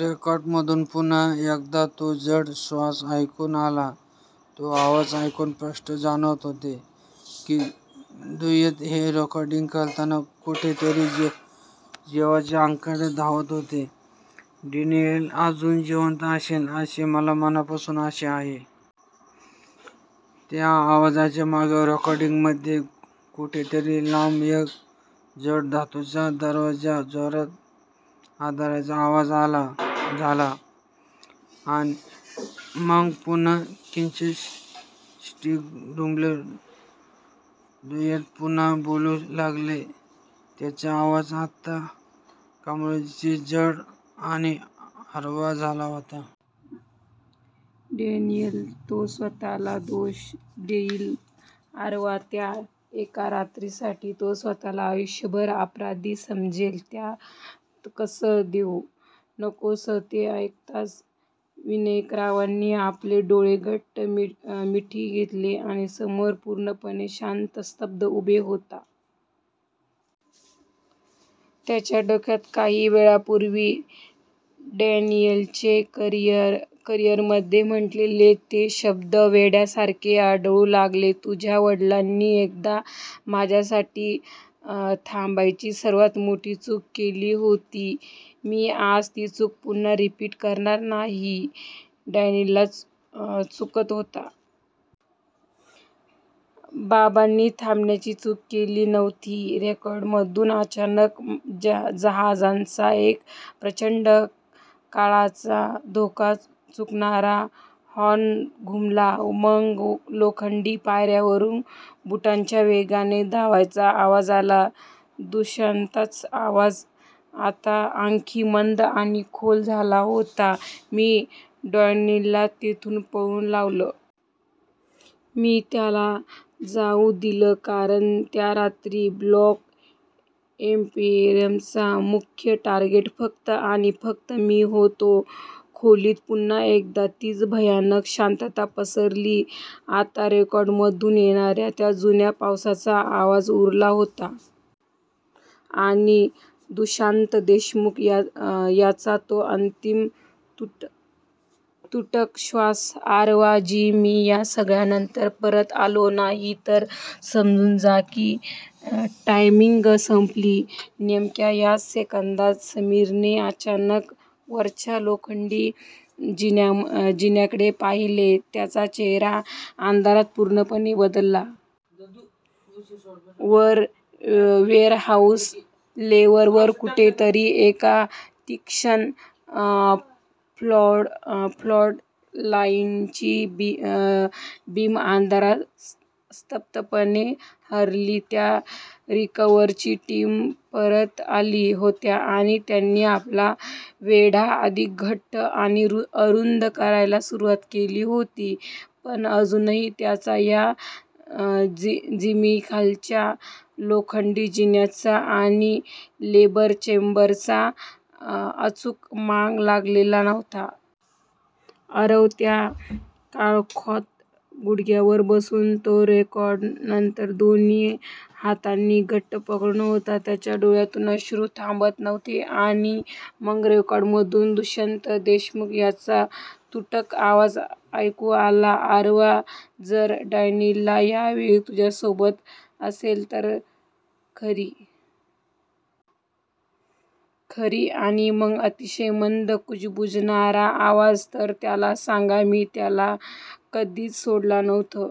रेकॉर्डरमधून पुन्हा एकदा तो जड श्वास ऐकू आला. तो आवाज ऐकून स्पष्ट जाणवत होतं की, दुष्यंत हे रेकॉर्डिंग करताना कुठेतरी जीवाच्या अकांताने धावत होते. "डॅनियल अजून जिवंत असेल, अशी मला मनापासून आशा आहे. " त्या आवाजाच्या मागे, रेकॉर्डिंगमध्ये कुठेतरी लांब एक जड धातूचा दरवाजा जोरात आदळल्याचा आवाज झाला. मग पुन्हा किंचित स्टॅटिक घुमलं. दुष्यंत पुन्हा बोलू लागले. त्यांचा आवाज आत्ता कमालीचा जड आणि हळवा झाला होता. "डॅनियल, तो स्वतःला दोष देईल, आरव, त्या एका रात्रीसाठी तो स्वतःला आयुष्यभर अपराधी समजेल. त्याला तसं करू देऊ नकोस. " ते ऐकताच विनायकरावांनी आपले डोळे घट्ट मिटून घेतले. समीर पूर्णपणे शांत, स्तब्ध उभा होता. त्याच्या डोक्यात काही वेळापूर्वी डॅनियलने कॉरिडॉरमध्ये म्हटलेले ते शब्द वेड्यासारखे आदळू लागले, "तुझ्या वडिलांनी एकदा माझ्यासाठी थांबायची सर्वात मोठी चूक केली होती... मी आज ती चूक पुन्हा रिपीट करणार नाही. " नाही. डॅनियल चुकत होता. बाबांनी थांबण्याची चूक केली नव्हती. रेकॉर्डरमधून अचानक जहाजाचा एक प्रचंड, काळजाचा ठोका चुकवणारा हॉर्न घुमला. मग लोखंडी पायऱ्यांवरून बुटांच्या वेगाने धावण्याचा आवाज आला. दुष्यंतचा आवाज आता आणखी मंद आणि खोल झाला होता. "मी डॅनियलला तिथून पळवून लावलं. मी त्याला जाऊ दिलं, कारण त्या रात्री ब्लॅक एम्बरचं मुख्य टार्गेट फक्त आणि फक्त मी होतो. " खोलीत पुन्हा एकदा तीच भयानक शांतता पसरली. आता फक्त रेकॉर्डरमधून येणाऱ्या त्या जुन्या पावसाचा आवाज उरला होता. आणि दुष्यंत देशमुख यांचा तो अंतिम, तुटक श्वास. "आरव, जर मी या सगळ्यानंतर परत आलो नाही... तर समजून जा की 'टायमिंग' संपली. " नेमक्या याच सेकंदाला, समीरने अचानक वरच्या लोखंडी जिन्याकडे पाहिलं. त्याचा चेहरा अंधारात पूर्णपणे बदलला. वर वेअरहाऊस लेव्हलवर कुठेतरी एका तीक्ष्ण फ्लॅशलाईटची बीम अंधारात संथपणे हलली. त्या रिकव्हरी टीम्स परत आल्या होत्या आणि त्यांनी आपला वेढा अधिक घट्ट आणि अरुंद करायला सुरुवात केली होती. पण अजूनही त्यांना या जमिनीखालच्या लोखंडी जिन्याचा आणि 'लोअर चेंबर'चा अचूक माग लागलेला नव्हता. आरव त्या काळोखात गुडघ्यांवर बसून तो रेकॉर्डर दोन्ही हातांनी घट्ट पकडून होता. त्याच्या डोळ्यांतून अश्रू थांबत नव्हते. आणि मग रेकॉर्डरमधून दुष्यंत देशमुख यांचा तुटक आवाज ऐकू आला, "आरव जर डॅनियल यावेळी तुझ्यासोबत असेल ," खर्र... खर्र... आणि मग अतिशय मंद, कुजबुजणारा आवाज, " तर त्याला सांग, मी त्याला कधीच सोडलं नव्हतं.